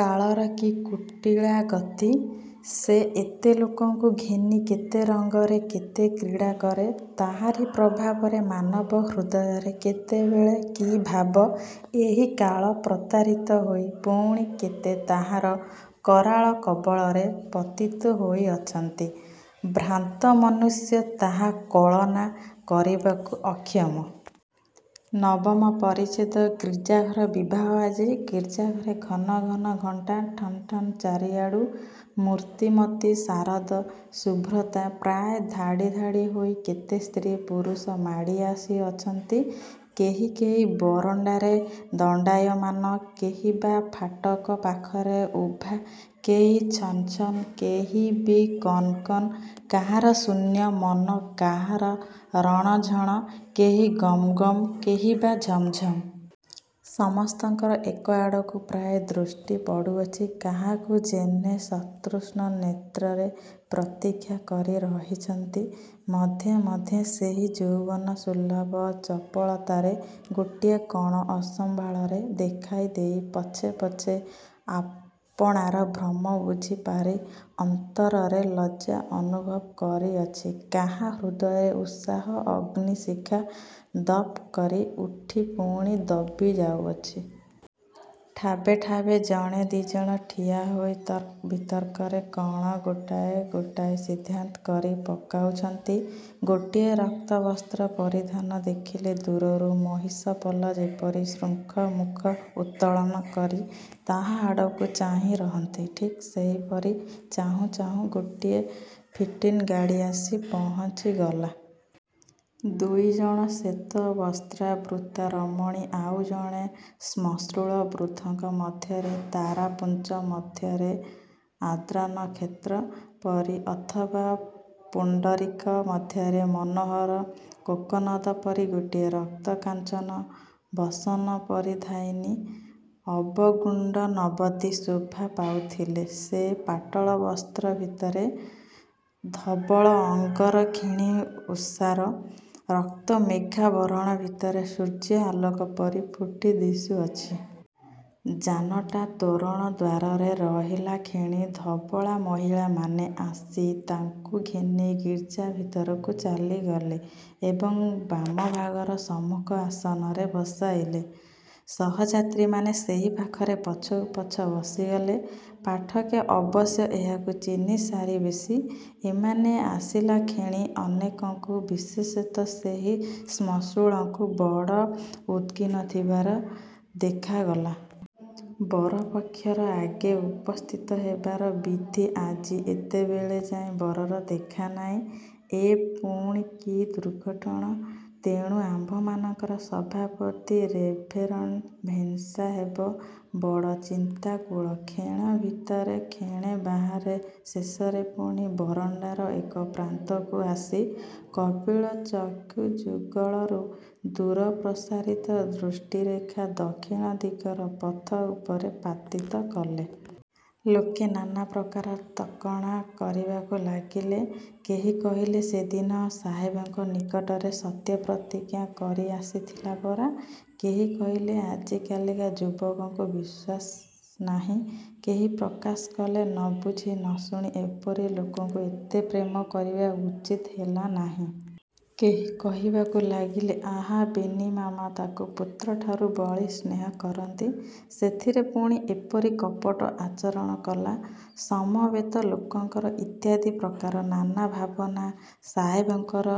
କାଳର କି କୁଟିଳା ଗତି! ସେ ଏତେ ଲୋକଙ୍କୁ ଘେନି କେତେ ରଙ୍ଗରେ କେତେ କ୍ରୀଡ଼ା କରେ! ତାହାରି ପ୍ରଭାବରେ ମାନବ ହୃଦୟରେ କେତେବେଳେ କି ଭାବ! ଏହି କାଳପ୍ରତାରିତ ହୋଇ ପୁଣି କେତେ ତାହାର କରାଳକବଳରେ ପତିତ ହେଉଅଛନ୍ତି! ଭ୍ରାନ୍ତ ମନୁଷ୍ୟ ତାହା କଳନା କରିବାକୁ ଅକ୍ଷମ। ନବମ ପରିଚ୍ଛେଦ ଗିର୍ଜାଘର ବିବାହ ଆଜି ଗିର୍ଜାଘରେ ଘନ ଘନ ଘଣ୍ଟା ଠନ୍ଠନ୍। ଚାରିଆଡ଼ୁ ମୂର୍ତ୍ତିମତୀ ଶାରଦ ଶୁଭ୍ରତା ପ୍ରାୟ ଧାଡ଼ି ଧାଡ଼ି ହୋଇ କେତେ ସ୍ତ୍ରୀ ପୁରୁଷ ମାଡ଼ି ଆସୁଅଛନ୍ତି, କେହି କେହି ବରଣ୍ଡାରେ ଦଣ୍ଡାୟମାନ, କେହି ବା ଫାଟକ ପାଖରେ ଉଭା, କେହି ଛନ୍ ଛନ୍, କେହି ବି କନ୍ କନ୍; କାହାର ଶୂନ୍ୟ ମନ କାହାର ରଣଝଣ୍; କେହି ଗମ୍ ଗମ୍ କେହି ବା ଝମ୍ ଝମ୍। ସମସ୍ତଙ୍କର ଏକଆଡ଼କୁ ପ୍ରାୟ ଦୃଷ୍ଟି ପଡ଼ୁଅଛି କାହାକୁ ଯେହ୍ନେ ସତୃଷ୍ଣନେତ୍ରରେ ପ୍ରତୀକ୍ଷା କରି ରହିଛନ୍ତି। ମଧ୍ୟେ ମଧ୍ୟେ ସେହି ଯୌବନସୁଲଭ ଚପଳତାରେ ଗୋଟିଏ କଣ ଅସମ୍ଭାଳରେ ଦେଖାଦେଇ ପଛେ ପଛେ ଆପଣାର ଭ୍ରମ ବୁଝି ପାରି ଅନ୍ତରରେ ଲଜ୍ଜା ଅନୁଭବ କରିଅଛି। କାହା ହୃଦୟରେ ଉତ୍ସାହ-ଅଗ୍ନିଶିଖା ଦପ୍ କରି ଉଠି ପୁଣି ଦବି ଯାଉଅଛି। ଠାବେ ଠାବେ ଜଣେ ଦି ଜଣ ଠିଆ ହୋଇ ତର୍କ ବିତର୍କରେ କଣ ଗୋଟାଏ ଗୋଟାଏ ସିଦ୍ଧାନ୍ତ କରି ପକାଉଛନ୍ତି। ଗୋଟିଏ ରକ୍ତବସ୍ତ୍ର ପରିଧାନ ଦେଖିଲେ ଦୂରରୁ ମହିଷପଲ ଯେପରି ଶୃଙ୍ଗ ମୁଖ ଉତ୍ତୋଳନ କରି ତାହା ଆଡ଼କୁ ଚାହିଁ ରହନ୍ତି, ଠିକ୍ ସେହିପରି ଚାହୁଁ ଚାହୁଁ ଗୋଟିଏ ଫିଟିନ ଗାଡ଼ି ଆସି ପହୁଞ୍ଚିଗଲା। ଦୁଇଜଣ ଶ୍ୱେତବସ୍ତ୍ରାବୃତା ରମଣୀ ଆଉ ଜଣେ ଶ୍ମଶ୍ରୁଳ ବୃଦ୍ଧଙ୍କ ମଧ୍ୟରେ, ତାରାପୁଞ୍ଜ ମଧ୍ୟରେ ଆର୍ଦ୍ରାନକ୍ଷତ୍ର ପରି ଅଥବା ପୁଣ୍ଡରୀକ ମଧ୍ୟରେ ମନୋହର କୋକନଦ ପରି ଗୋଟିଏ ରକ୍ତକାଞ୍ଚନ ବସନପରିଧାୟିନୀ ଅବଗୁଣ୍ଠନବତୀ ଶୋଭା ପାଉଥିଲେ। ସେ ପାଟଳ ବସ୍ତ୍ର ଭିତରେ ଧବଳଅଙ୍ଗରକ୍ଷିଣୀ ଉଷାର ରକ୍ତ ମେଘାବରଣ ଭିତରେ ସୂର୍ଯ୍ୟ ଆଲୋକ ପରି ଫୁଟି ଦିଶୁଅଛି। ଯାନଟା ତୋରଣଦ୍ୱାରରେ ରହିଲାକ୍ଷଣି ଧବଳା ମହିଳାମାନେ ଆସି ତାଙ୍କୁ ଘେନି ଗିର୍ଜା ଭିତରକୁ ଚାଲିଗଲେ ଏବଂ ବାମଭାଗର ସମ୍ମୁଖ ଆସନରେ ବସାଇଲେ। ସହଯାତ୍ରୀମାନେ ସେହି ପାଖରେ ପଛକୁ ପଛ ବସିଗଲେ। ପାଠକେ, ଅବଶ୍ୟ ଏହାଙ୍କୁ ଚିହ୍ନି ସାରିବେଣି। ଏମାନେ ଆସିଲାକ୍ଷଣି ଅନେକଙ୍କୁ, ବିଶେଷତଃ ସେହି ଶ୍ମଶ୍ରୁଳଙ୍କୁ ବଡ଼ ଉଦ୍ବିଗ୍ନ ଥିବାର ଦେଖାଗଲା। ବର ପକ୍ଷର ଆଗେ ଉପସ୍ଥିତ ହେବାର ବିଧି। ଆଜି ଏତେବେଳଯାଏ ବରର ଦେଖାନାହିଁ। ଏ ପୁଣି କି ଦୁର୍ଘଟନା! ତେଣୁ ଆମ୍ଭମାନଙ୍କର ସଭାପତି ରେଭରଣ୍ଡ ବେନ୍ସାହେବ ବଡ଼ ଚିନ୍ତାକୁଳ। କ୍ଷଣେ ଭିତରେ କ୍ଷଣେ ବାହାରେ, ଶେଷରେ ପୁଣି ବରଣ୍ଡାର ଏକପ୍ରାନ୍ତକୁ ଆସି କପିଳ ଚକ୍ଷୁଯୁଗଳରୁ ଦୂରପ୍ରସାରିତ ଦୃଷ୍ଟିରେଖା ଦକ୍ଷିଣଦିଗର ପଥ ଉପରେ ପାତିତ କଲେ। ଲୋକେ ନାନାପ୍ରକାର ତର୍କଣା କରିବାକୁ ଲାଗିଲେ। କେହି କହିଲେ, ସେ ଦିନ ସାହେବଙ୍କ ନିକଟରେ ସତ୍ୟପ୍ରତିଜ୍ଞା କରି ଆସିଥିଲା ପରା! କେହି କହିଲେ, ଆଜିକାଲିକା ଯୁବକଙ୍କୁ ବିଶ୍ୱାସ ନାହିଁ। କେହି ପ୍ରକାଶ କଲେ, ନ ବୁଝି ନ ଶୁଣି ଏପରି ଲୋକଙ୍କୁ ଏତେ ପ୍ରେମ କରିବା ଉଚିତ ହେଲା ନାହିଁ। କେହି କହିବାକୁ ଲାଗିଲେ, ଆହା! ବେନି ମାମା ତାକୁ ପୁତ୍ରଠାରୁ ବଳି ସ୍ନେହ କରନ୍ତି। ସେଥିରେ ପୁଣି ଏପରି କପଟ ଆଚରଣ କଲା! ସମବେତ ଲୋକଙ୍କର ଇତ୍ୟାଦିପ୍ରକାର ନାନା ଭାବନା, ସାହେବଙ୍କର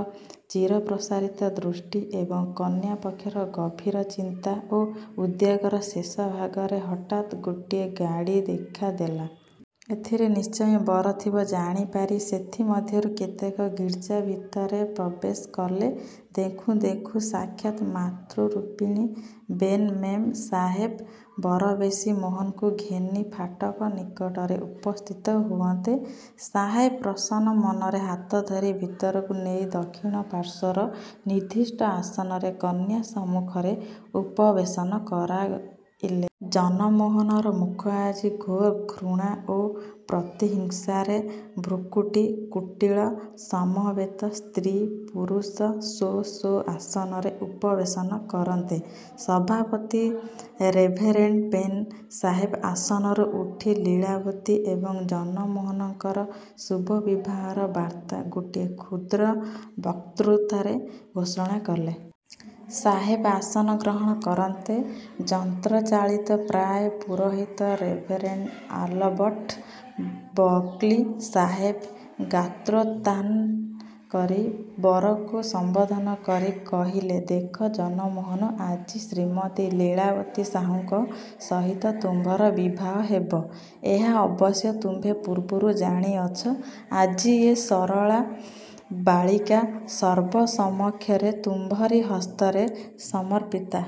ଚିରପ୍ରସାରିତ ଦୃଷ୍ଟି ଏବଂ କନ୍ୟାପକ୍ଷର ଗଭୀର ଚିନ୍ତା ଓ ଉଦ୍ବେଗର ଶେଷଭାଗରେ ହଠାତ୍ ଗୋଟିଏ ଗାଡ଼ି ଦେଖା ଦେଲା। ଏଥିରେ ନିଶ୍ଚୟ ବର ଥିବ ଜାଣି ପାରି ସେଥି ମଧ୍ୟରୁ କେତେକ ଗିର୍ଜା ଭିତରେ ପ୍ରବେଶ କଲେ। ଦେଖୁଁ ଦେଖୁଁ ସାକ୍ଷାତ୍ ମାତୃରୂପିଣୀ ବେନ୍ ମେମ ସାହେବ ବରବେଶୀ ମୋହନଙ୍କୁ ଘେନି ଫାଟକ ନିକଟରେ ଉପସ୍ଥିତ ହୁଅନ୍ତେ, ସାହେବ ପ୍ରସନ୍ନ ମନରେ ହାତ ଧରି ଭିତରକୁ ନେଇ ଦକ୍ଷିଣପାର୍ଶ୍ୱର ନିର୍ଦିଷ୍ଟ ଆସନରେ କନ୍ୟା ସମ୍ମୁଖରେ ଉପବେଶନ କରାଇଲେ। ଜନମୋହନର ମୁଖ ଆଜି ଘୋର ଘୃଣା ଓ ପ୍ରତିହିଂସାରେ ଭ୍ରୂକୁଟି କୁଟିଳ। ସମବେତ ସ୍ତ୍ରୀ ପୁରୁଷ ସ୍ୱ ସ୍ୱ ଆସନରେ ଉପବେଶନ କରନ୍ତେ, ସଭାପତି ରେଭରେଣ୍ଡ ବେନ୍ ସାହେବ ଆସନରୁ ଉଠି ଲୀଳାବତୀ ଏବଂ ଜନମୋହନଙ୍କର ଶୁଭବିବାହର ବାର୍ତ୍ତା ଗୋଟିଏ କ୍ଷୁଦ୍ର ବକ୍ତୃତାରେ ଘୋଷଣା କଲେ। ସାହେବ ଆସନ ଗ୍ରହଣ କରନ୍ତେ, ଯନ୍ତ୍ରଚାଳିତ ପ୍ରାୟ ପୁରୋହିତ ରେଭରେଣ୍ଡ ଆଲବର୍ଟ ବକ୍ଲି ସାହେବ ଗାତ୍ରୋତ୍ଥାନ କରି ବରକୁ ସମ୍ବୋଧନ କରି କହିଲେ, ଦେଖ ଜନମୋହନ! ଆଜି ଶ୍ରୀମତୀ ଲୀଳାବତୀ ସାହୁଙ୍କ ସହିତ ତୁମ୍ଭର ବିବାହ ହେବ। ଏହା ଅବଶ୍ୟ ତୁମ୍ଭେ ପୂର୍ବରୁ ଜାଣିଅଛ। ଆଜି ଏ ସରଳା ବାଳିକା ସର୍ବସମକ୍ଷରେ ତୁମ୍ଭରି ହସ୍ତରେ ସମର୍ପିତା।